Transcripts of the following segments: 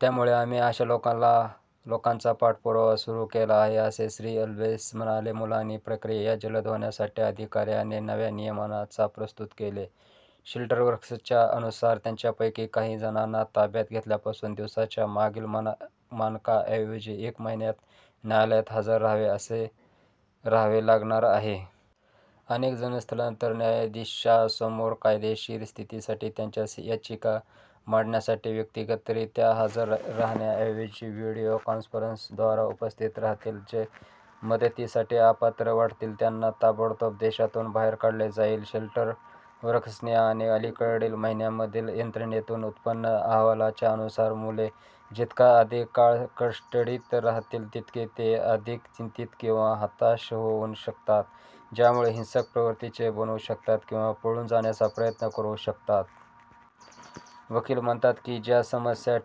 त्यामुळे आम्ही अशा लोकांचा पाठपुरावा सुरु केला आहे," असे श्री. अल्बेंस म्हणाले. मुलांची प्रक्रिया जलद होण्यासाठी, अधिकाऱ्यांनी नव्या नियमांना प्रस्तुत केले, शेल्टर वर्कर्सच्या अनुसार, त्यांच्यापैकी काही जणांना ताब्यात घेतल्यापासून, दिवसांच्या मागील मानकाऐवजी, एका महिन्यात न्यायालयात हजर राहावे लागणार आहे. अनेक जण स्थलांतरण न्यायाधीशासमोर कायदेशीर स्थितीसाठी त्यांच्या याचिका मांडण्यासाठी व्यक्तिगतरीत्या हजर राहण्याऐवजी व्हिडिओ कॉन्फरन्सद्वारा उपस्थित राहतील. जे मदतीसाठी अपात्र वाटतील त्यांना ताबडतोब देशातून बाहेर काढले जाईल. शेल्टर वर्कर्स आणि अलीकडील महिन्यांमधील यंत्रणेतून उत्पन्न अहवालांच्या अनुसार, मुले जितका अधिक काळ कस्टडीत राहतील, तितके ते अधिक चिंतीत किंवा हताश होऊ शकतात, ज्यामुळे हिंसक प्रवृत्तीचे बनू शकतात किंवा पळून जाण्याचा प्रयत्न करू शकतात. वकील म्हणतात की त्या समस्या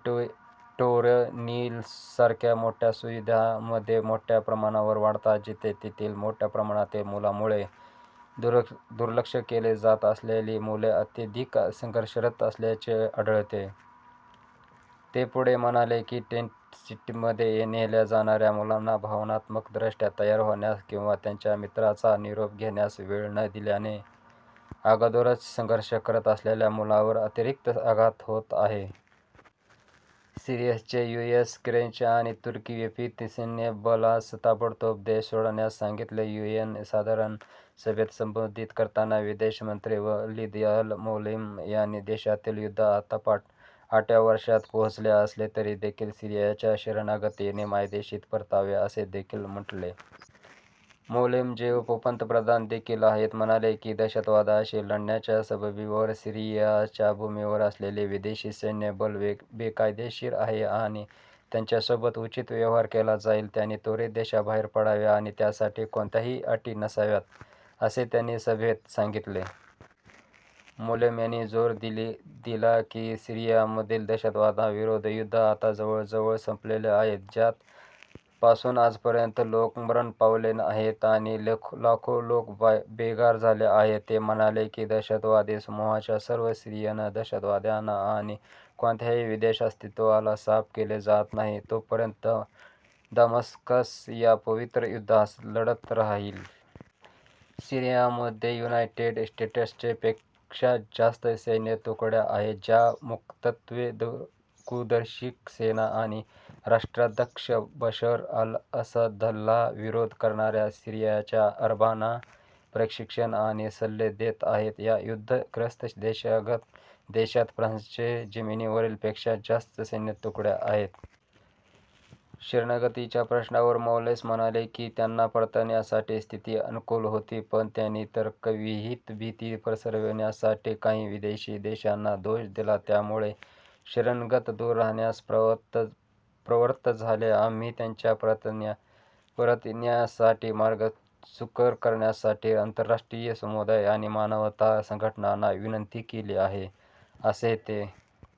टोरनिल्लोसारख्या मोठ्या सुविधांमध्ये मोठ्या प्रमाणावर वाढतात, जिथे तेथील मोठ्या प्रमाणातील मुलांमुळे, दुर्लक्ष केली जात असलेली मुले अत्याधिक संघर्षरत असल्याचे आढळते. ते पुढे म्हणाले की टेंट सिटीमध्ये नेल्या जाणाऱ्या मुलांना भावनात्मकदृष्ट्या तयार होण्यास किंवा त्यांच्या मित्रांचा निरोप घेण्यास वेळ न दिल्याने, अगोदरच संघर्ष करत असलेल्या मुलांवर अतिरिक्त आघात होत आहे. सीरियाने यूएस, फ्रेंच आणि तुर्की 'व्यापित सैन्यबलास" ताबडतोब देश सोडण्यास सांगितले. यूएन सर्वसाधारण सभेत संबोधित करताना, विदेश मंत्री वालीद अल-मौलेम यांनी, देशातील युद्ध आता आठव्या वर्षात पोहोचले असले तरी देखील, सीरियाच्या शरणागतांनी मायदेशी परतावे असे देखील म्हटले. मौलेम, जे उपपंतप्रधान देखील आहेत, म्हणाले, की दहशतवादाशी लढण्याच्या सबबीवर सीरियाच्या भूमीवर असलेले विदेशी सैन्यबल बेकायदेशीर आहे, आणि "त्याच्यासोबत उचित व्यवहार केला जाईल. " "त्यांनी त्वरित देशाबाहेर पडावे आणि त्यासाठी कोणत्याही अटी नसाव्यात," असे त्यांनी सभेत सांगितले. मौलेम यांनी जोर दिला की, सीरियामधील "दहशतवादाविरुद्ध युद्ध आता जवळजवळ संपलेले आहे", ज्यात पासून आजपर्यंत लोक मरण पावलेले आहेत, आणि लाखो लोक बेघर झाले आहेत. ते म्हणाले की "दहशतवादी समूहाच्या सर्व सीरियन दहशतवाद्यांना आणि "कोणत्याही विदेश अस्तित्वाला साफ केले जात नाही, तोपर्यंत दमास्कस या पवित्र युद्धास लढत राहील". सीरियामध्ये युनायटेड स्टेट्सचे पेक्षा जास्त सैन्यतुकड्या आहेत, ज्या मुख्यत्वे कुर्दिश सेना आणि राष्ट्राध्यक्ष बशर अल-असदला विरोध करणाऱ्या सीरियाच्या अरबांना प्रशिक्षण आणि सल्ले देत आहेत. या युद्ध-ग्रस्त देशात फ्रान्सचे जमिनीवरील पेक्षा जास्त सैन्यतुकड्या आहेत. शरणागतांच्या प्रश्नावर मौलेम म्हणाले, की त्यांना परतण्यासाठी स्थिती अनुकूल होती, पण त्यांनी "तर्कविहीन भीती पसरविण्यासाठी" "काही विदेशी देशांना" दोष दिला, ज्यामुळे शरणागत दूर राहण्यास प्रवृत्त झाले. आम्ही त्यांच्या परतण्यासाठी मार्ग सुकर करण्यासाठी आंतरराष्ट्रीय समुदाय आणि मानवता संघटनांना विनंती केली आहे," असे ते